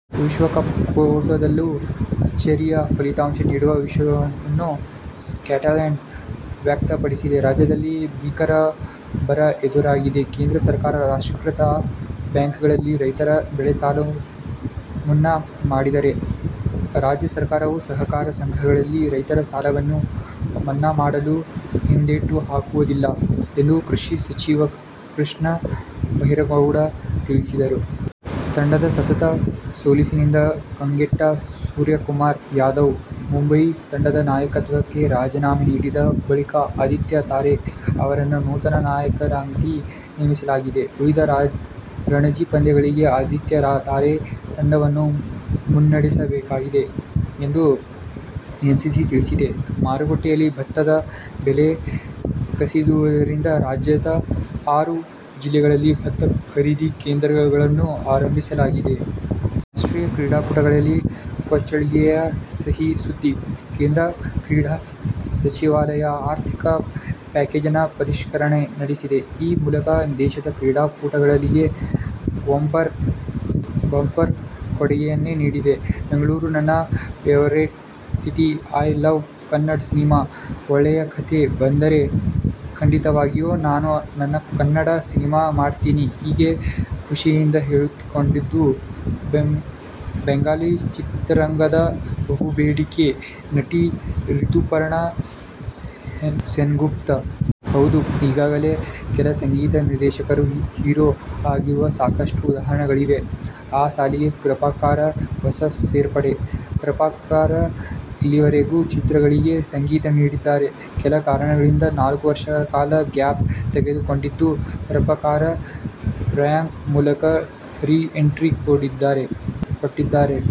ವಿಶ್ವ ಕಪ್ ಕೂಟದಲ್ಲೂ ಅಚ್ಚರಿಯ ಫಲಿತಾಂಶ ನೀಡುವ ವಿಶ್ವಾಸವನ್ನು ಸ್ಕಾಟ್ಲ್ಯಾಂಡ್ ವ್ಯಕ್ತಪಡಿಸಿದೆ. ರಾಜ್ಯದಲ್ಲಿ ಭೀಕರ ಬರ ಎದುರಾಗಿದೆ. ಕೇಂದ್ರ ಸರ್ಕಾರ ರಾಷ್ಟ್ರೀಕೃತ ಬ್ಯಾಂಕ್ಗಳಲ್ಲಿನ ರೈತರ ಬೆಳೆಸಾಲ ಮನ್ನಾ ಮಾಡಿದರೆ ರಾಜ್ಯ ಸರ್ಕಾರವೂ ಸಹಕಾರಿ ಸಂಘಗಳಲ್ಲಿನ ರೈತರ ಸಾಲವನ್ನು ಮನ್ನಾ ಮಾಡಲು ಹಿಂದೇಟು ಹಾಕುವುದಿಲ್ಲ ಎಂದು ಕೃಷಿ ಸಚಿವ ಕೃಷ್ಣ ಭೈರೇಗೌಡ ತಿಳಿಸಿದರು. ತಂಡದ ಸತತ ಸೋಲಿನಿಂದ ಕಂಗೆಟ್ಟ ಸೂರ್ಯಕುಮಾರ್ ಯಾದವ್ ಮುಂಬಯಿ ತಂಡದ ನಾಯಕತ್ವಕ್ಕೆ ರಾಜೀನಾಮೆ ನೀಡಿದ ಬಳಿಕ ಆದಿತ್ಯ ತಾರೆ ಅವರನ್ನು ನೂತನ ನಾಯಕನನ್ನಾಗಿ ನೇಮಿಸಲಾಗಿದೆ. ಉಳಿದ ರಣಜಿ ಪಂದ್ಯಗಳಿಗೆ ಆದಿತ್ಯ ತಾರೆ ತಂಡವನ್ನು ಮುನ್ನಡೆಸಲಿದ್ದಾರೆ ಎಂದು ಎಂಸಿಸಿ ತಿಳಿಸಿದೆ. ಮಾರುಕಟ್ಟೆಯಲ್ಲಿ ಭತ್ತದ ಬೆಲೆ ಕುಸಿದಿರುವುದರಿಂದ ರಾಜ್ಯದ ಆರು ಜಿಲ್ಲೆಗಳಲ್ಲಿ ಭತ್ತ ಖರೀದಿ ಕೇಂದ್ರಗಳನ್ನು ಆರಂಭಿಸಲಾಗಿದೆ. ರಾಷ್ಟ್ರೀಯ ಕ್ರೀಡಾಪಟುಗಳಿಗೆ, ಕೋಚ್ಗಳಿಗೆ ಸಿಹಿ ಸುದ್ದಿ. ಕೇಂದ್ರ ಕ್ರೀಡಾ ಸಚಿವಾಲಯ ಆರ್ಥಿಕ ಪ್ಯಾಕೇಜ್ನ ಪರಿಷ್ಕರಣೆ ನಡೆಸಿದೆ. ಈ ಮೂಲಕ ದೇಶದ ಕ್ರೀಡಾಪಟುಗಳಿಗೆ ಬಂಪರ್ ಕೊಡುಗೆಯನ್ನೇ ನೀಡಿದೆ. "ಬೆಂಗಳೂರು ನನ್ನ favourite city, I love Kannada cinema, ಒಳ್ಳೆಯ ಕಥೆ ಬಂದರೆ ಖಂಡಿತವಾಗಿಯೂ ನಾನು ಕನ್ನಡ ಸಿನಿಮಾ ಮಾಡ್ತೀನಿ' ಹೀಗೆ ಖುಷಿಯಿಂದ ಹೇಳಿಕೊಂಡಿದ್ದು, ಬೆಂಗಾಲಿ ಚಿತ್ರರಂಗದ ಬಹುಬೇಡಿಕೆ ನಟಿ ರಿತುಪರ್ಣ ಸೇನ್ಗುಪ್ತ. ಹೌದು, ಈಗಾಗಲೇ ಕೆಲ ಸಂಗೀತ ನಿರ್ದೇಶಕರು ಹೀರೋ ಆಗಿರುವ ಸಾಕಷ್ಟು ಉದಾಹರಣೆಗಳಿವೆ. ಆ ಸಾಲಿಗೆ ಕೃಪಾಕರ್ ಹೊಸ ಸೇರ್ಪಡೆ. ಕೃಪಾಕರ್ ಇಲ್ಲಿಯವರೆಗೆ ಚಿತ್ರಗಳಿಗೆ ಸಂಗೀತ ನೀಡಿದ್ದಾರೆ. ಕೆಲ ಕಾರಣಗಳಿಂದ ನಾಲ್ಕು ವರ್ಷಗಳ ಕಾಲ ಗ್ಯಾಪ್ ತೆಗೆದುಕೊಂಡಿದ್ದ ಕೃಪಾಕರ್, "ಪ್ರಿಯಾಂಕ' ಮೂಲಕ ರೀ ಎಂಟ್ರಿ ಕೊಟ್ಟಿದ್ದಾರೆ.